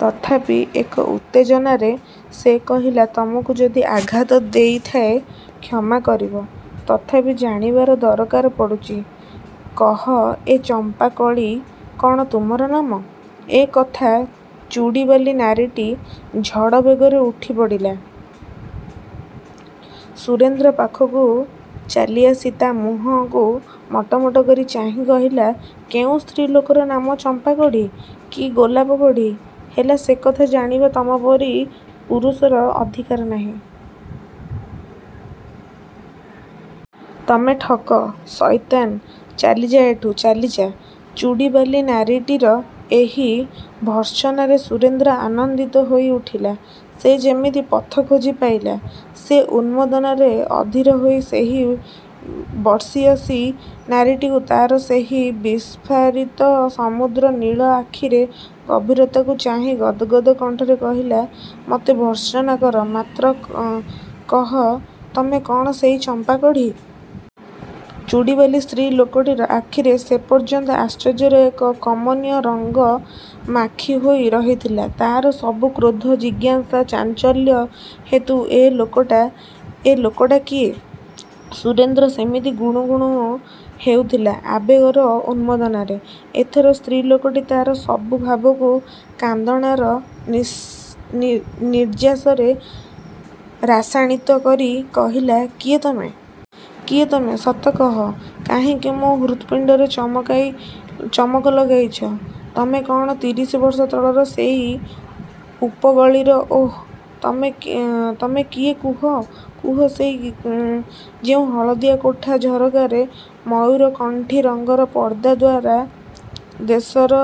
ତଥାପି ଏକ ଉତ୍ତେଜନାରେ ସେ କହିଲା ତମକୁ ଯଦି ଆଘାତ ଦେଇଥାଏ କ୍ଷମା କରିବ। ତଥାପି ଜାଣିବାର ଦରକାର ପଡ଼ୁଚି। କହ ଏ ଚମ୍ପାକଳି କଣ ତୁମର ନାମ? ଏ କଥାରେ ଚୁଡ଼ିବାଲି ନାରୀଟି ଝଡ଼ବେଗରେ ଉଠି ପଡ଼ିଲା। ସୁରେନ୍ଦ୍ର ପାଖକୁ ଚାଲିଆସି ତା ମୁହଁକୁ ମଟମଟ କରି ଚାହିଁ କହିଲା, କେଉଁ ସ୍ତ୍ରୀ ଲୋକର ନାମ ଚମ୍ପାକଢ଼ି କି ଗୋଲାପ କଢ଼ି ହେଲା ସେକଥା ଜାଣିବା ତମପରି ପୁରୁଷର ଅଧିକାର ନାହିଁ। ତମେ ଠକ, ସଇତାନ ଚାଲିଯା ଏଠୁ, ଚାଲିଯା। ଚୁଡ଼ିବାଲି ନାରୀଟିର ଏହି ଭର୍ତ୍ସନାରେ ସୁରେନ୍ଦ୍ର ଆନନ୍ଦିତ ହୋଇ ଉଠିଲା। ସେ ଯେମିତି ପଥ ଖୋଜି ପାଇଲା। ସେ ଉନ୍ମାଦନାରେ ଅଧିର ହୋଇ ସେହି ବର୍ଷିୟସୀ ନାରୀଟିକୁ ତାର ସେହି ବିସ୍ଫାରିତ ସମୁଦ୍ର ନୀଳ ଆଖିର ଗଭୀରତାକୁ ଚାହିଁ ଗଦ ଗଦ କଣ୍ଠରେ କହିଲା, ମତେ ଭର୍ତ୍ସନା କର, ମାତ୍ର କହ, ତମେ କଣ ସେଇ ଚମ୍ପାକଢ଼ି। ଚୁଡ଼ିବାଲି ସ୍ତ୍ରୀ ଲୋକଟିର ଆଖିରେ ସେପର୍ଯ୍ୟନ୍ତ ଆଶ୍ଚର୍ଯ୍ୟର ଏକ କମନୀୟ ରଙ୍ଗ ମାଖି ହୋଇ ରହିଥିଲା। ତାର ସବୁ କ୍ରୋଧ, ଜିଜ୍ଞାସା, ଚାଞ୍ଚଲ୍ୟ ହେତୁ ଏ ଲୋକଟା, ଏ ଲୋକଟା କିଏ? ସୁରେନ୍ଦ୍ର ସେମିତି ଗୁଣୁ ଗୁଣୁ ହେଉଥିଲା ଆବେଗର ଉନ୍ନଦନାରେ। ଏଥର ସ୍ତ୍ରୀ ଲୋକଟି ତାର ସବୁ ଭାବକୁ କାନ୍ଦଣାର ନିର୍ଯ୍ୟାସରେ ରାସାଣିତ କରି କହିଲା କିଏ ତମେ? କିଏ ତମେ? ସତ କହ, କାହିଁକି ମୋ ହୃତ୍‌ପିଣ୍ଡରେ ଚମକାଇ ଚମକ ଲଗାଇଛ। ତମେ କଣ ତିରିଶି ବର୍ଷ ତଳର ସେଇ ଉପଗଳିର ଓଃ ତମେ କିଏ କୁହ ?କୁହ ସେଇ ଯେଉଁ ହଳଦିଆ କୋଠା ଝରକାରେ ମୟୁରକଣ୍ଠୀ ରଙ୍ଗର ପର୍ଦ୍ଦା ଦ୍ୱାର ଦେଶରେ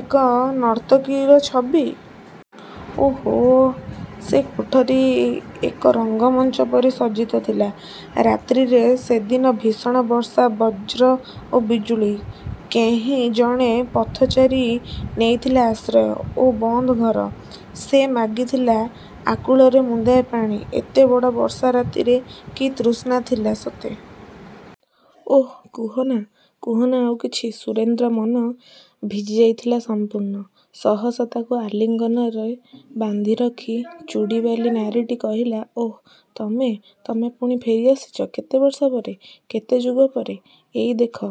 ଏକ ନର୍ତ୍ତକୀର ଛବି। ଓଃ ଓଃ, ସେ କୋଠରୀ ଏକ ରଙ୍ଗମଞ୍ଚ ପରି ସଜ୍ଜିତ ଥିଲା। ରାତ୍ରିରେ ସେଦିନ ଭୀଷଣ ବର୍ଷା, ବଜ୍ର ଓ ବିଜୁଳି। କେହଁ ଜଣେ ପଥଚାରୀ ନେଇଥିଲା ଆଶ୍ରୟ। ଓଃ ବନ୍ଦ କର । ସେ ମାଗିଥିଲା ଆକୁଳରେ ମୁନ୍ଦାଏ ପାଣି। ଏତେ ବଡ଼ ବର୍ଷା ରାତିରେ କି ତୃଷା ଥିଲା ସତେ। ଓଃ କୁହନା, କୁହନା ଆଉ କିଛି। ସୁରେନ୍ଦ୍ରର ମନ ଭିଜି ଯାଇଥିଲା ସମ୍ପୂର୍ଣ୍ଣ। ସହସା ତାକୁ ଆଲିଙ୍ଗନରେ ବାନ୍ଧିରଖି ଚୁଡ଼ିବାଲି ନାରୀଟି କହିଲା, ଓଃ ତମେ । ତୁମେ ପୁଣି ଫେରି ଆସିଚ କେତେ ବର୍ଷ ପରେ, କେତେ ଯୁଗ ପରେ। ଏଇ ଦେଖ,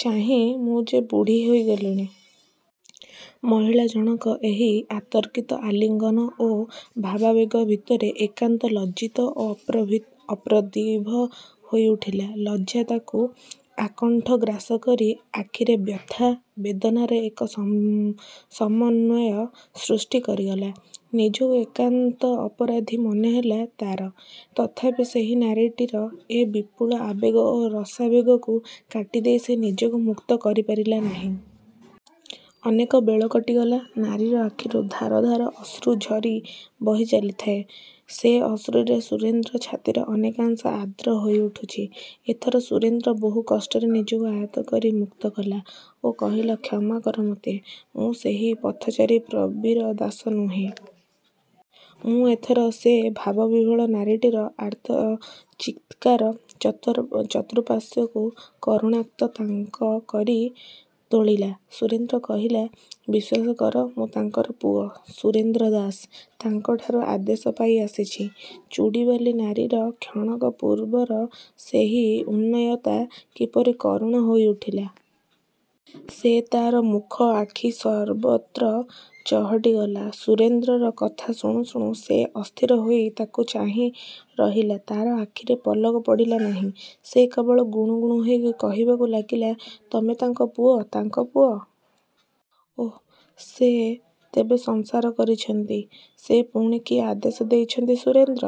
ଚାହିଁ ମୁଁ ଯେ ବୁଢ଼ୀ ହୋଇ ଗଲିଣି। ମହିଳା ଜଣକ ଏହି ଅତର୍କିତ ଆଲିଙ୍ଗନ ଓ ଭାବାବେଗ ଭିତରେ ଏକାନ୍ତ ଲଜ୍ଜିତ ଓ ଅପ୍ରତିଭ ହୋଇ ଉଠିଲା। ଲଜ୍ଜା ତାକୁ ଆକଣ୍ଠ ଗ୍ରାସ କରି ଆଖିରେ ବ୍ୟଥା, ବେଦନାର ଏକ ସମନ୍ଵୟ ସୃଷ୍ଟି କରିଗଲା। ନିଜକୁ ଏକାନ୍ତ ଅପରାଧୀ ମନେ ହେଲା ତାର। ତଥାପି ସେହି ନାରୀଟିର ଏ ବିପୁଳ ଆବେଗ ଓ ରସାବେଗକୁ କାଟିଦେଇ ସେ ନିଜକୁ ମୁକ୍ତ କରିପାରିଲା ନାହିଁ। ଅନେକ ବେଳ କଟିଗଲା ନାରୀର ଆଖିରୁ ଧାର ଧାର ଅଶ୍ରୁ ଝରି ବହି ଚାଲିଥାଏ। ସେ ଅଶ୍ରୁରେ ସୁରେନ୍ଦ୍ର ଛାତିର ଅନେକାଂଶ ଆର୍ଦ୍ର ହୋଇଉଠୁଚି। ଏଥର ସୁରେନ୍ଦ୍ର ବହୁ କଷ୍ଟରେ ନିଜକୁ ଆୟତ୍ତ କରି ମୁକ୍ତକଲା ଓ କହିଲା କ୍ଷମା କର ମତେ। ମୁଁ ସେହି ପଥଚାରୀ ପ୍ରବୀର ଦାସ ନୁହେଁ। ମୁଁ ଏଥର ସେ ଭାବବିହ୍ୱଳା ନାରୀଟିର ଆର୍ତ୍ତ ଚିତ୍କାର ଚତୁଃପାର୍ଶ୍ଵକୁ କରୁଣାକ୍ତ ତାଙ୍କ କରି ତୋଳିଲା। ସୁରେନ୍ଦ୍ର କହିଲା, ବିଶ୍ଵାସ କର ମୁଁ ତାଙ୍କର ପୁଅ ସୁରେନ୍ଦ୍ର ଦାସ। ତାଙ୍କଠାରୁ ଆଦେଶ ପାଇ ଆସିଚି। ଚୁଡ଼ିବାଲି ନାରୀଟିର କ୍ଷଣକ ପୂର୍ବର ସେହି ଉନ୍ନୟତା କିପରି କରୁଣ ହୋଇ ଉଠିଲା। ସେ ତାର ମୁଖ, ଆଖି ସର୍ବତ୍ର ଚହଟି ଗଲା। ସୁରେନ୍ଦ୍ରର କଥା ଶୁଣୁ ଶୁଣୁ ସେ ଅସ୍ଥିର ହୋଇ ତାକୁ ଚାହିଁ ରହିଲା। ତାର ଆଖିରେ ପଲକ ପଡ଼ିଲା ନାହିଁ। ସେ କେବଳ ଗୁଣୁ ଗୁଣୁ ହୋଇ କହିବାକୁ ଲାଗିଲା। ତମେ ତାଙ୍କ ପୁଅ, ତାଙ୍କ ପୁଅ। ଓଃ, ସେ ତେବେ ସଂସାର କରିଚନ୍ତି। ସେ ପୁଣି କି ଆଦେଶ ଦେଇଛନ୍ତି ସୁରେନ୍ଦ୍ର?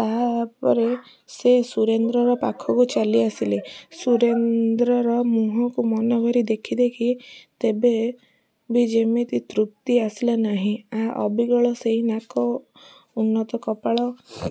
ତାପରେ ସେ ସୁରେନ୍ଦ୍ରର ପାଖକୁ ଚାଲି ଆସିଲେ। ସୁରେନ୍ଦ୍ରର ମୁହଁକୁ ମନ ଭରି ଦେଖି ଦେଖି ତେବେ ବି ଯିମିତି ତୃପ୍ତି ଆସିଲା ନାହିଁ। ଆଃ ଅବିକଳ ସେଇ ନାକ, ଉନ୍ନତ କପାଳ।